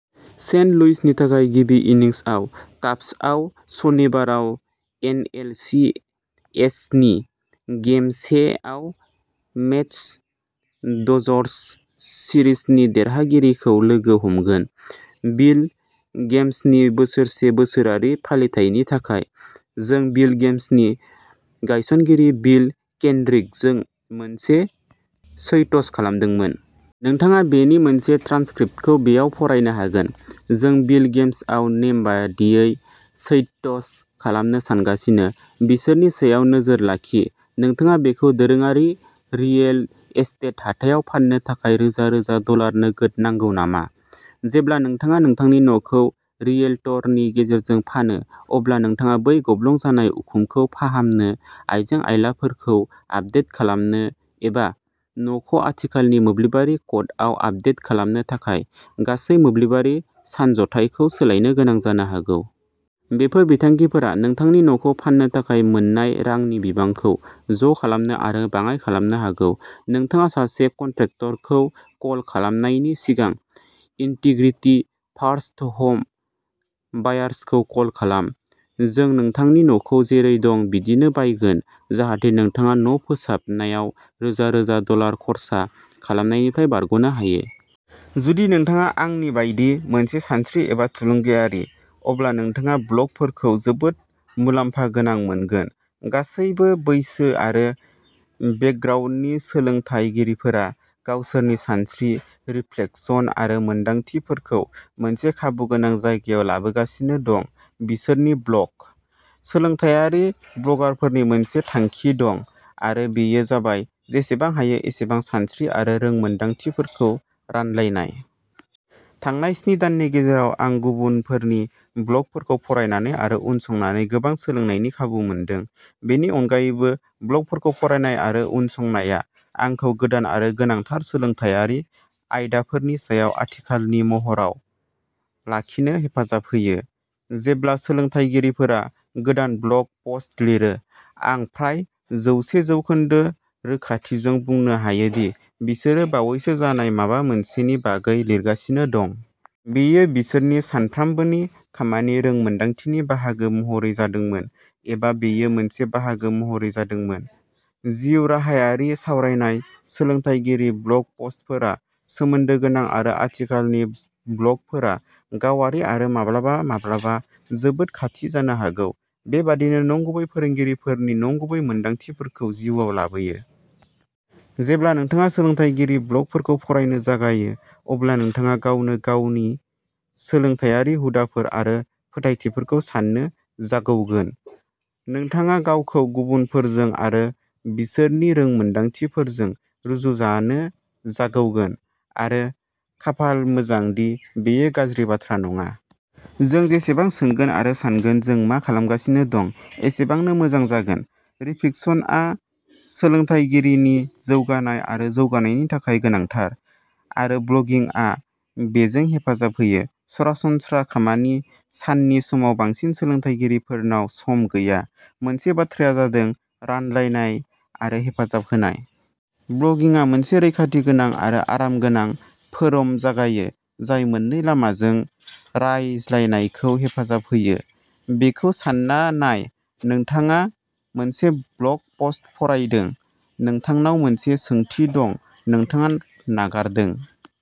Saint लुइसनि थाखाय गिबि इनिंसआव। काब्सआ सनिबाराव एन एल सि एस नि गेम से आव मेट्स-डजर्स सिरिजनि देरहागिरिखौ लोगो हमगोन। बिल गेम्सनि बोसोरसे बोसोरारि फालिथायनि थाखाय, जों बिल गेम्सनि गायसनगिरि बिल केन्ड्रिकजों मोनसे चैट्स खालामदोंमोन। नोंथाङा बेनि मोनसे ट्रान्सक्रिप्टखौ बेयाव फरायनो हागोन जों बिल गेम्सआव नेमबादियै चैट्स खालामनो सानगासिनो बिसोरनि सायाव नोजोर लाखि नोंथाङा बेखौ दोरोङारि रियेल एस्टेट हाथायाव फान्नो थाखाय रोजा-रोजा डलार नोगोद नांगौ नामा? जेब्ला नोंथाङा नोंथांनि न'खौ रियेल्टरनि गेजेरजों फानो, अब्ला नोंथाङा बै गब्लं जानाय उखुमखौ फाहामनो, आइजें-आइलाफोरखौ आपदेट खालामनो, एबा न'खौ आथिखालनि मोब्लिबारि क'डआव आपदेट खालामनो थाखाय गासै मोब्लिबारि सानज'थायखौ सोलायनो गोनां जानो हागौ। बेफोर बिथांखिफोरा नोंथांनि न'खौ फान्नो थाखाय मोन्नाय रांनि बिबांखौ ज'खालामनो आरो बाङाइ खालामनो हागौ। नोंथाङा सासे कन्ट्रेक्टरखौ कल खालामनायनि सिगां, इन्टिग्रिटी फार्स्ट ह'म बायार्सखौ कल खालाम। जों नोंथांनि न'खौ जेरै दं बिदिनो बायगोन जाहाथे नोंथाङा न'फोसाबनायाव रोजा रोजा डलार खर्सा खालामनायनिफ्राय बारग'नो हायो। जुदि नोंथाङा आंनि बायदि मोनसे सानस्रि आरो थुलुंगायारि, अब्ला नोंथाङा ब्लगफोरखौ जोबोद मुलाम्फा गोनां मोनगोन। गासैबो बैसो आरो बेकग्राउन्डनि सोलोंथायगिरिफोरा गावसोरनि सानस्रि, रिफ्लेक्शन आरो मोनदांथिफोरखौ मोनसे खाबुगोनां जायगायाव लाबोगासिनो दं बिसोरनि ब्लग। सोलोंथायारि ब्लगारफोरनि मोनसे थांखि दं, आरो बेयो जाबाय जेसेबां हायो एसेबां सानस्रि आरो रोंमोन्दांथिफोरखौ रानलायनाय। थांनाय स्नि दाननि गेजेराव, आं गुबुनफोरनि ब्लगफोरखौ फरायनानै आरो उनसंनानै गोबां सोलोंनायनि खाबु मोनदों। बेनि अनगायैबो, ब्लगफोरखौ फरायनाय आरो उनसंनाया आंखौ गोदान आरो गोनांथार सोलोंथायारि आयदाफोरनि सायाव आथिखालनि महराव लाखिनो हेफाजाब होयो। जेब्ला सोलोंथायगिरिफोरा गोदान ब्लग पस्ट लिरो, आं फ्राय जौसे जौखोन्दो रोखाथिजों बुंनो हायो दि बिसोरो बावैसो जानाय माबा मोनसेनि बागै लिरगासिनो दं। बेयो बिसोरनि सानफ्रोमबोनि खामानि रोंमोन्दांथिनि बाहागो महरै जादोंमोन, एबा बेयो मोनसे बाहागो महरै जादोंमोन। जिउराहायारि सावरायनाय, सोलोंथायगिरि ब्लग पस्टफोरा सोमोन्दो गोनां आरो आथिखालनि ब्लगफोरा गावारि आरो माब्लाबा माब्लाबा जोबोद खाथि जानो हागौ, बेबादिनो नंगुबै फोरोंगिरिफोरनि नंगुबै मोनदांथिफोरखौ जिउआव लाबोयो। जेब्ला नोंथाङा सोलोंथायगिरि ब्लगफोरखौ फरायनो जागायो, अब्ला नोंथाङा गावनो गाव गावनि सोलोंथायारि हुदाफोर आरो फोथायथिफोरखौ साननो जागौगोन। नोंथाङा गावखौ गुबुनफोरजों आरो बिसोरनि रोंमोनदांथिफोरजों रुजुजानो जागौगोन, आरो खाफाल मोजां दि बेयो गाज्रि बाथ्रा नङा। जों जेसेबां सोंगोन आरो सानगोन जों मा खालामगासिनो दं एसेबांनो मोजां जागोन। रिफिक्सनआ सोलोंथायगिरिनि जौगानाय आरो जौगानायनि थाखाय गोनांथार, आरो ब्लगिंआ बेजों हेफाजाब होयो। सरासनस्रा खामानि साननि समाव बांसिन सोलोंथायगिरिफोरनाव सम गैया मोनसे बाथ्राया जादों रानलायनाय आरो हेफाजाब होनाय। ब्लगिंआ मोनसे रैखाथि गोनां आरो आरामगोनां फोरम जगायो जाय मोननै लामाजों रायज्लायनायखौ हेफाजाब होयो। बेखौ सानना नाय नोंथाङा मोनसे ब्लग पस्ट फरायदों नोंथांनाव मोनसे सोंथि दं नोंथाङा नागारदों।